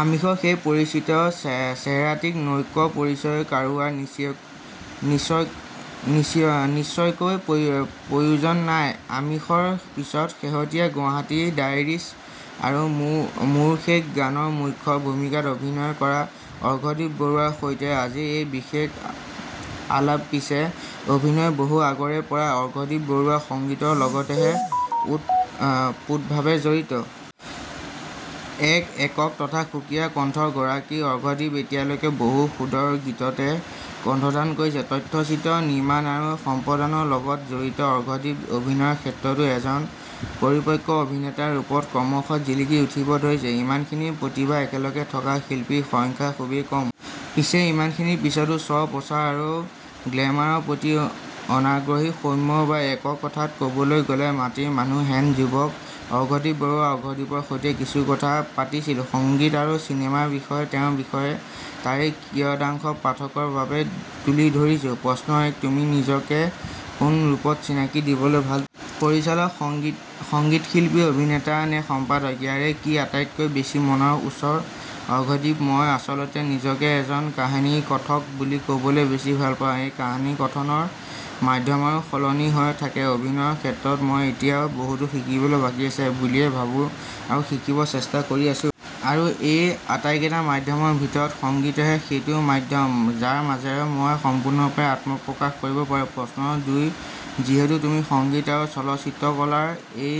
আমিষৰ সেই পৰিচিত চেহেৰাটিক নকৈ পৰিচয় কৰোৱাৰ নিশ্চয়কৈ প্ৰয়োজন নাই। আমিষৰ পিছত শেহতীয়াকৈ গুৱাহাটী ডায়েৰীজ আৰু মোৰ শেষ গানৰ মূখ্য ভূমিকাত অভিনয় কৰা অৰ্ঘদীপ বৰুৱাৰ সৈতেই আজিৰ এই বিশেষ আলাপ। পিছে অভিনয়ৰ বহু আগৰে পৰাই অৰ্ঘদীপ বৰুৱা সংগীতৰ লগতহে ওতঃপ্ৰোতভাৱে জড়িত। এক একক তথা সুকীয়া কন্ঠৰ গৰাকী অৰ্ঘদীপ এতিয়ালৈকে বহু সুন্দৰ গীততে কন্ঠদান কৰিছে। তথ্যচিত্ৰ নিৰ্মাণ আৰু সম্পাদনাৰ লগতো জড়িত অৰ্ঘদীপ। অভিনয়ৰ ক্ষেত্ৰতো এজন পৰিপক্ক অভিনেতাৰ ৰূপত ক্ৰমশঃ জিলিকি উঠিব ধৰিছে। ইমানখিনি প্ৰতিভা একেলগে থকা শিল্পীৰ সংখ্যা খুবেই কম। পিছে ইমানখিনিৰ পিছতো স্ব প্ৰচাৰ আৰু গ্লেমাৰৰ প্ৰতি অনাগ্ৰহী সৌম্য বা এক কথাত ক'বলৈ গ'লে মাটিৰ মানুহ হেন যুৱক অৰ্ঘদীপ বৰুৱা। অৰ্ঘদীপৰ সৈতে কিছু কথা পাতিছিলো সংগীত আৰু চিনেমাৰ বিষয়ে। তেওঁৰ বিষয়ে তাৰেই কিয়দাংশ পাঠকৰ বাবে তুলি ধৰিছো; প্ৰশ্ন এক: তুমি নিজকে কোন ৰূপত চিনাকি দিবলৈ ভালপোৱা? পৰিচালক, সংগীতশিল্পী, অভিনেতা নে সম্পাদক? ইয়াৰে কি আটাইতকৈ বেছি মনৰ ওচৰ? অৰ্ঘদীপ: মই আচলতে নিজকে এজন কাহিনী কথক বুলি ক'বলৈ বেছি ভালপাওঁ। এই কাহিনী কথনৰ মাধ্যম বাৰু সলনি হৈ থাকে। অভিনয়ৰ ক্ষেত্ৰত মই এতিয়াও বহুতো শিকিবলৈ বাকী আছে বুলিয়েই ভাবো আৰু শিকিবৰ চেষ্টা কৰি আছো। আৰু এই আটাইকেইটা মাধ্যমৰ ভিতৰত সংগীতেই সেইটো মাধ্যম, যাৰ মাজেৰে মই সম্পূৰ্ণৰূপে আত্মপ্ৰকাশ কৰিব পাৰো। প্ৰশ্ন দুই: যিহেতু তুমি সংগীত আৰু চলচ্চিত্ৰকলাৰ, এই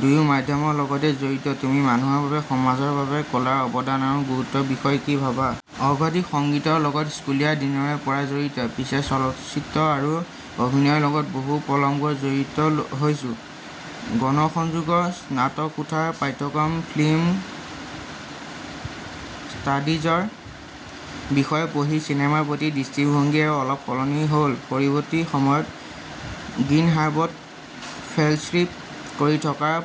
দুয়ো মাধ্যমৰ লগতেই জড়িত তুমি। মানুহৰ বাবে, সমাজৰ বাবে, কলাৰ অৱদান আৰু গুৰুত্বৰ বিষয়ে কি ভাবা? অৰ্ঘদীপ: সংগীতৰ লগত স্কুলীয়া দিনৰে পৰাই জড়িত। পিছে চলচ্চিত্ৰ আৰু অভিনয়ৰ লগত বহু পলমকৈ জড়িত হৈছো। গণসংযোগৰ স্নাতকোত্তৰ পাঠ্যক্ৰমত ফিল্ম ষ্টাডিজৰ বিষয়ে পঢ়ি চিনেমাৰ প্ৰতি দৃষ্টিভংগী আৰু অলপ সলনি হ'ল। পৰৱৰ্তী সময়ত গ্ৰীণহাবত ফেলশ্বিপ কৰি থকাৰ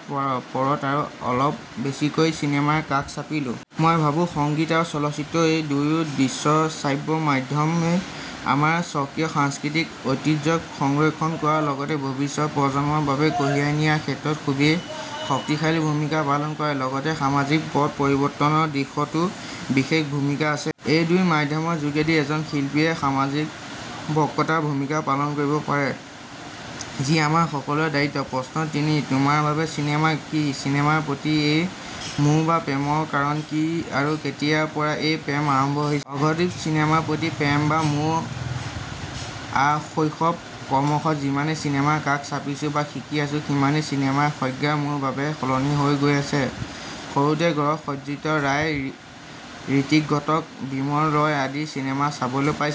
পৰত আৰু অলপ বেছিকৈয়ে চিনেমাৰ কাষ চাপিলো। মই ভাবো সংগীত আৰু চলচ্চিত্ৰ, এই দুয়ো দৃশ্যশ্ৰাব্য মাধ্যমেই আমাৰ স্বকীয় সাংস্কৃতিক ঐতিহ্যক সংৰক্ষণ কৰাৰ লগতেই ভৱিষ্যত প্ৰজন্মৰ বাবে কঢ়িয়াই নিয়াৰ ক্ষেত্ৰত খুবেই শক্তিশালী ভূমিকা পালন কৰে। লগতেই সামাজিক পট পৰিৱৰ্তনৰ দিশতো বিশেষ ভূমিকা আছে। এই দুই মাধ্যমৰ যোগেদি এজন শিল্পীয়ে সামাজিক বক্তাৰ ভূমিকা পালন কৰিব পাৰে, যি আমাৰ সকলোৰে দ্বায়িত্ব। প্ৰশ্ন তিনি: তোমাৰ বাবে চিনেমা কি? চিনেমাৰ প্ৰতি এই মোহ বা প্ৰেমৰ কাৰণ কি আৰু কেতিয়াৰ পৰা এই প্ৰেম আৰম্ভ হৈছিল? অৰ্ঘদীপ: চিনেমাৰ প্ৰতি প্ৰেম বা মোহ আশৈশৱ। ক্ৰমশঃ যিমানে চিনেমাৰ কাষ চাপিছো বা শিকি আছো সিমানেই চিনেমাৰ সংজ্ঞা মোৰ বাবে সলনি হৈ গৈ আছে। সৰুতেই ঘৰত সত্যজিত ৰায়, ৰিত্বিক ঘটক, বিমল ৰয় আদিৰ চিনেমা চাবলৈ পাইছিলো।